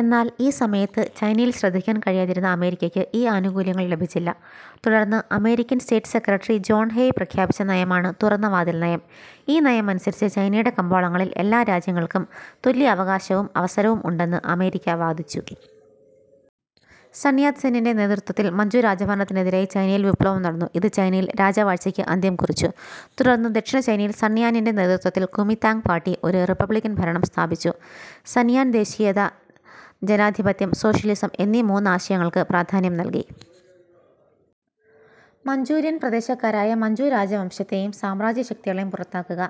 എന്നാൽ ഈ സമയത്ത് ചൈനയിൽ ശ്രദ്ധിക്കാൻ കഴിയാതിരുന്ന അമേരിക്കയ്ക്ക് ഈ ആനുകൂല്യങ്ങൾ ലഭിച്ചില്ല. തുടർന്ന് American state secretary John Hay പ്രഖ്യാപിച്ച നയമാണ് തുറന്ന വാതിൽ നയം. ഈ നയമനുസരിച്ച് ചൈനയുടെ കമ്പോളങ്ങളിൽ എല്ലാ രാജ്യങ്ങൾക്കും തുല്യ അവകാശവും അവസരവും ഉണ്ടെന്ന് അമേരിക്ക വാദിച്ചു. സൻ യാത് സെന്നിന്റെ നേതൃത്വത്തിൽ മഞ്ചു രാജഭരണത്തിനെരായി ചൈനയിൽ വിപ്ലവം നടന്നു. ഇത് ചൈനയിൽ രാജവാഴ്ചയ്ക്ക് അന്ത്യം കുറിച്ചു. തുടർന്ന് ദക്ഷിണ ചൈനയിൽ സൻയാന്നിന്റെ നേതൃത്വത്തിൽ കുമി താങ് പാർട്ടി ഒരു റിപ്പബ്ലിക്കൻ ഭരണം സ്ഥാപിച്ചു. സൻയാൻ ദേശീയത, ജനാധിപത്യം, സോഷ്യലിസം എന്നീ മൂന്ന് ആശയങ്ങൾക്ക് പ്രാധാന്യം നൽകി. മഞ്ചൂറിയൻ പ്രദേശക്കാരായ മഞ്ചു രാജ വംശ ത്തെയും സാമ്രാജ്യശക്തികളെയും പുറത്താക്കുക.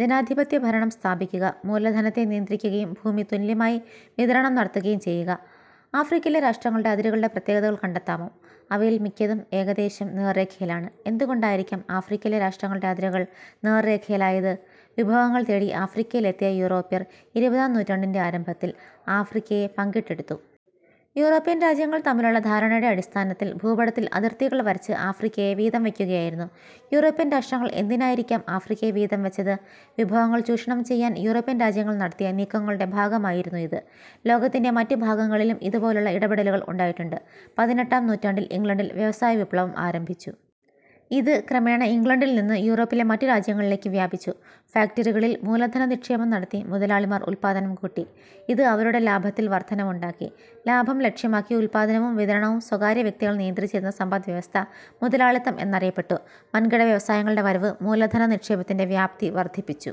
ജനാധിപത്യഭരണം സ്ഥാപിക്കുക. മൂലധനത്തെ നിയന്ത്രിക്കുകയും ഭൂമി തുല്യമായി വിതരണം നടത്തുകയും ചെയ്യുക. ആഫ്രിക്കയിലെ രാഷ്ട്രങ്ങളുടെ അതിരുകളുടെ പ്രത്യേകതകൾ കണ്ടെത്താമോ? അവയിൽ മിക്കതും ഏകദേശം നേർരേഖയിലാണ്. എന്തുകൊണ്ടായിരിക്കാം ആഫ്രിക്കയിലെ രാഷ്ട്രങ്ങളുടെ അതിരുകൾ നേർരേഖയിലായത്? വിഭവങ്ങൾ തേടി ആഫ്രിക്കയിൽ എത്തിയ യൂറോപ്യർ ഇരുപതാം നൂറ്റാണ്ടിന്റെ ആരംഭത്തിൽ ആഫ്രിക്കയെ പങ്കിട്ടെടുത്തു. യൂറോപ്യൻ രാജ്യങ്ങൾ തമ്മിലുള്ള ധാരണയുടെ അടിസ്ഥാനത്തിൽ ഭൂപടത്തിൽ അതിർത്തികൾ വരച്ച് ആഫ്രിക്കയെ വീതം വയ്ക്കുകയായിരുന്നു. യൂറോപ്യൻ രാഷ്ട്രങ്ങൾ എന്തിനായിരിക്കാം ആഫ്രിക്കയെ വീതം വച്ചത്? വിഭവങ്ങൾ ചൂഷണം ചെയ്യാൻ യൂറോപ്യൻ രാജ്യങ്ങൾ നടത്തിയ നീക്കങ്ങളുടെ ഭാഗമായിരുന്നു ഇത്. ലോകത്തിന്റെ മറ്റു ഭാഗങ്ങളിലും ഇതുപോലുള്ള ഇടപെടലുകൾ ഉണ്ടായിട്ടുണ്ട്. പതിനെട്ടാം നൂറ്റാണ്ടിൽ ഇംഗ്ലണ്ടിൽ വ്യവസായ വിപ്ലവം ആരംഭിച്ചു. ഇത് ക്രമേണ ഇംഗ്ലണ്ടിൽ നിന്നു യൂറോപ്പിലെ മറ്റു രാജ്യങ്ങളിലേക്ക് വ്യാപിച്ചു. ഫാക്ടറികളിൽ മൂലധനനിക്ഷേപം നടത്തി മുതലാളിമാർ ഉൽപ്പാദനം കൂട്ടി. ഇത് അവരുടെ ലാഭത്തിൽ വർധനവുണ്ടാക്കി. ലാഭം ലക്ഷ്യമാക്കി ഉൽപ്പാദനവും വിതരണവും സ്വകാര്യവ്യക്തികൾ നിയന്ത്രിച്ചിരുന്ന സമ്പദ് വ്യവസ്ഥ മുതലാളിത്തം എന്നറിയപ്പെട്ടു. വൻകിട വ്യവസായങ്ങളുടെ വരവ് മൂലധന നിക്ഷേപത്തിന്റെ വ്യാപ്തി വർധിപ്പിച്ചു.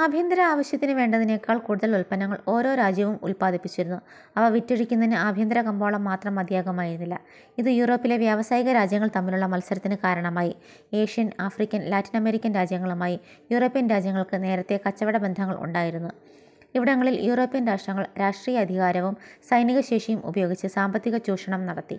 ആഭ്യന്തര ആവശ്യത്തിന് വേണ്ടതിനേക്കാൾ കൂടുതൽ ഉൽപ്പന്നങ്ങൾ ഓരോ രാജ്യവും ഉൽപാദിപ്പിച്ചിരുന്നു. അവ വിറ്റഴിക്കുന്നതിന് ആഭ്യന്തരകമ്പോളം മാത്രം മതിയാകുമായിരുന്നില്ല. ഇത് യൂറോപ്പിലെ വ്യാവസായികരാജ്യങ്ങൾ തമ്മിലുള്ള മത്സരത്തിന് കാരണമായി. ഏഷ്യൻ, ആഫ്രിക്കൻ, ലാറ്റിനമേരിക്കൻ രാജ്യങ്ങളുമായി യൂറോപ്യൻ രാജ്യങ്ങൾക്ക് നേരത്തേ കച്ചവടബന്ധങ്ങൾ ഉണ്ടായിരുന്നു. ഇവിടങ്ങളിൽ യൂറോപ്യൻ രാഷ്ട്രങ്ങൾ രാഷ്ട്രീയാധികാരവും സൈനി കശേഷിയും ഉപയോഗിച്ച് സാമ്പത്തികചൂഷണം നടത്തി.